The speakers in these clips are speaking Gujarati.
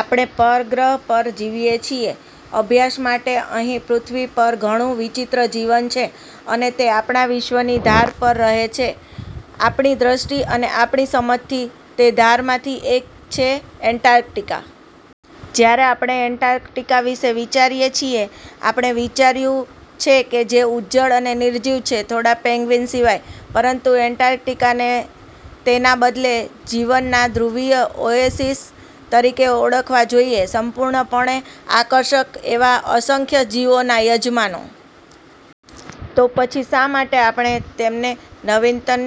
આપણે પરગ્રહ પર જીવીએ છીએ. અભ્યાસ માટે અહીં પૃથ્વી પર ઘણું વિચિત્ર જીવન છે, અને તે આપણા વિશ્વની ધાર પર રહે છે, આપણી દૃષ્ટિ અને આપણી સમજ થી. તે ધારમાંથી એક છે એન્ટાર્કટિકા. જ્યારે આપણે એન્ટાર્કટિકા વિશે વિચારીએ છીએ, આપણે વિચાર્યું છે કે જે ઉજ્જડ અને નિર્જીવ છે... થોડા પેન્ગ્વિન સિવાય. પરંતુ એન્ટાર્કટિકાને તેના બદલે જીવનના ધ્રુવીય ઓએસિસ તરીકે ઓળખવા જોઈએ, સંપૂર્ણપણે આકર્ષક એવા અસંખ્ય જીવોના યજમાનો. તો પછી શા માટે આપણે તેમને નવીનતમ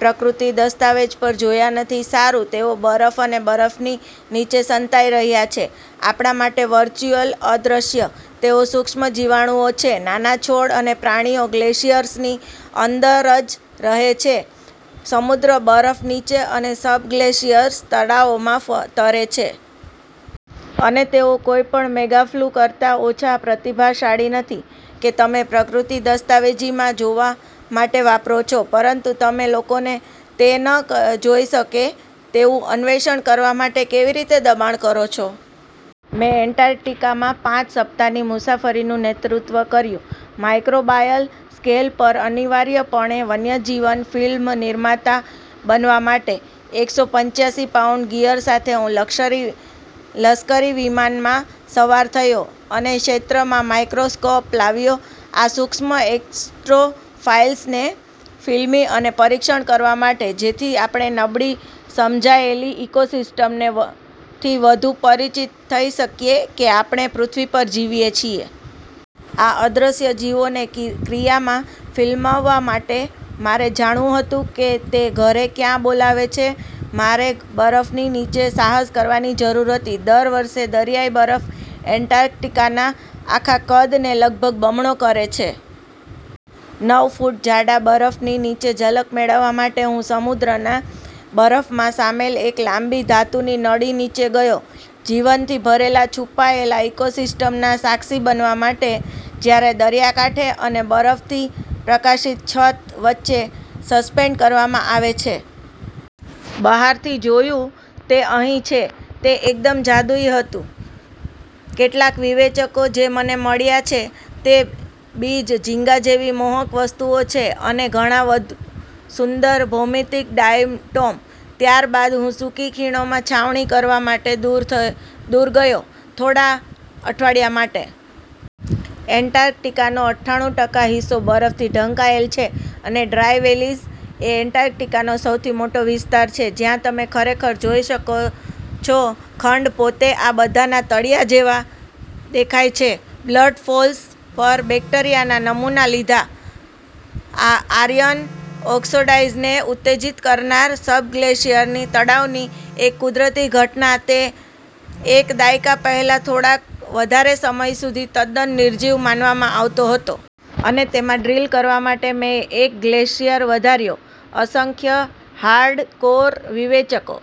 પ્રકૃતિ દસ્તાવેજ પર જોયા નથી? સારું, તેઓ બરફ અને બરફની નીચે સંતાઈ રહ્યા છે. આપણા માટે વર્ચ્યુઅલ અદ્રશ્ય. તેઓ સુક્ષ્મજીવાણુઓ છે: નાના છોડ અને પ્રાણીઓ ગ્લેસિયર્સની અંદર જ રહે છે, સમુદ્ર બરફ નીચે અને સબગ્લેશિયલ તળાવોમાં તરે છે. અને તેઓ કોઈપણ મેગાફ્યુ કરતા ઓછા પ્રભાવશાળી નથી કે તમે પ્રકૃતિ દસ્તાવેજી માં જોવા માટે વાપરો છો. પરંતુ તમે લોકોને તે ન જોઈ શકે તેવું અન્વેષણ કરવા માટે કેવી રીતે દબાણ કરો છો? મેં એન્ટાર્કટિકામાં પાંચ સપ્તાહની મુસાફરીનું નેતૃત્વ કર્યું માઇક્રોબાયલ સ્કેલ પર અનિવાર્યપણે વન્યજીવન ફિલ્મ નિર્માતા બનવા માટે. એકસો પંચ્યાસી પાઉન્ડ ગિયર સાથે, હું લશ્કરી વિમાનમાં સવાર થયો અને ક્ષેત્રમાં માઇક્રોસ્કોપ લાવ્યો આ સૂક્ષ્મ એક્સ્ટ્રોફાઇલ્સને ફિલ્મી અને પરીક્ષણ કરવા માટે, જેથી આપણે નબળી સમજાયેલી ઇકોસિસ્ટમથી વધુ પરિચિત થઈ શકીએ કે આપણે પૃથ્વી પર જીવીએ છીએ. આ અદ્રશ્ય જીવોને ક્રિયામાં ફિલ્માવવા માટે, મારે જાણવું હતું કે તે ઘરે ક્યાં બોલાવે છે મારે બરફની નીચે સાહસ કરવાની જરૂર હતી. દર વર્ષે, દરિયાઈ બરફ એન્ટાર્કટિકાના આખા કદને લગભગ બમણો કરે છે. નવ ફૂટ જાડા બરફની નીચે ઝલક મેળવવા માટે, હું સમુદ્રના બરફમાં શામેલ એક લાંબી, ધાતુની નળી નીચે ગયો જીવનથી ભરેલા છુપાયેલા ઇકોસિસ્ટમના સાક્ષી બનવા માટે, જ્યારે દરિયાકાંઠે અને બરફની પ્રકાશિત છત વચ્ચે સસ્પેન્ડ કરવામાં આવે છે. બહારથી જોયું તે અહીં છે. તે એકદમ જાદુઈ હતો. કેટલાક વિવેચકો જે મને મળ્યાં છે તે બીજ ઝીંગા જેવી મોહક વસ્તુઓ છે અને ઘણા વધુ સુંદર, ભૌમિતિક ડાયટોમ. ત્યારબાદ હું સુકી ખીણોમાં છાવણી કરવા માટે દૂર ગયો થોડા અઠવાડિયા માટે. એન્ટાર્કટિકાનો અઠ્ઠાણું ટકા હિસ્સો બરફથી ઢંકાયેલ છે અને ડ્રાય વેલીઝ એ એન્ટાર્કટિકાનો સૌથી મોટો વિસ્તાર છે જ્યાં તમે ખરેખર જોઈ શકો છો ખંડ પોતે આ બધાના તળિયા જેવા દેખાય છે? બ્લડફોલ્સ પર બેક્ટેરિયાના નમૂના લીધાં, આયર્ન ઓકસાઈડને ઉત્તેજીત કરનાર સબગ્લેશિયલ તળાવની એક કુદરતી ઘટના તે એક દાયકા પહેલાં થોડાક વધારે સમય સુધી તદ્દન નિર્જીવ માનવામાં આવતો હતો. અને તેમાં ડ્રીલ કરવા માટે મેં એક ગ્લેશિયર વધાર્યો, અસંખ્ય, હાર્ડકોર વિવેચકો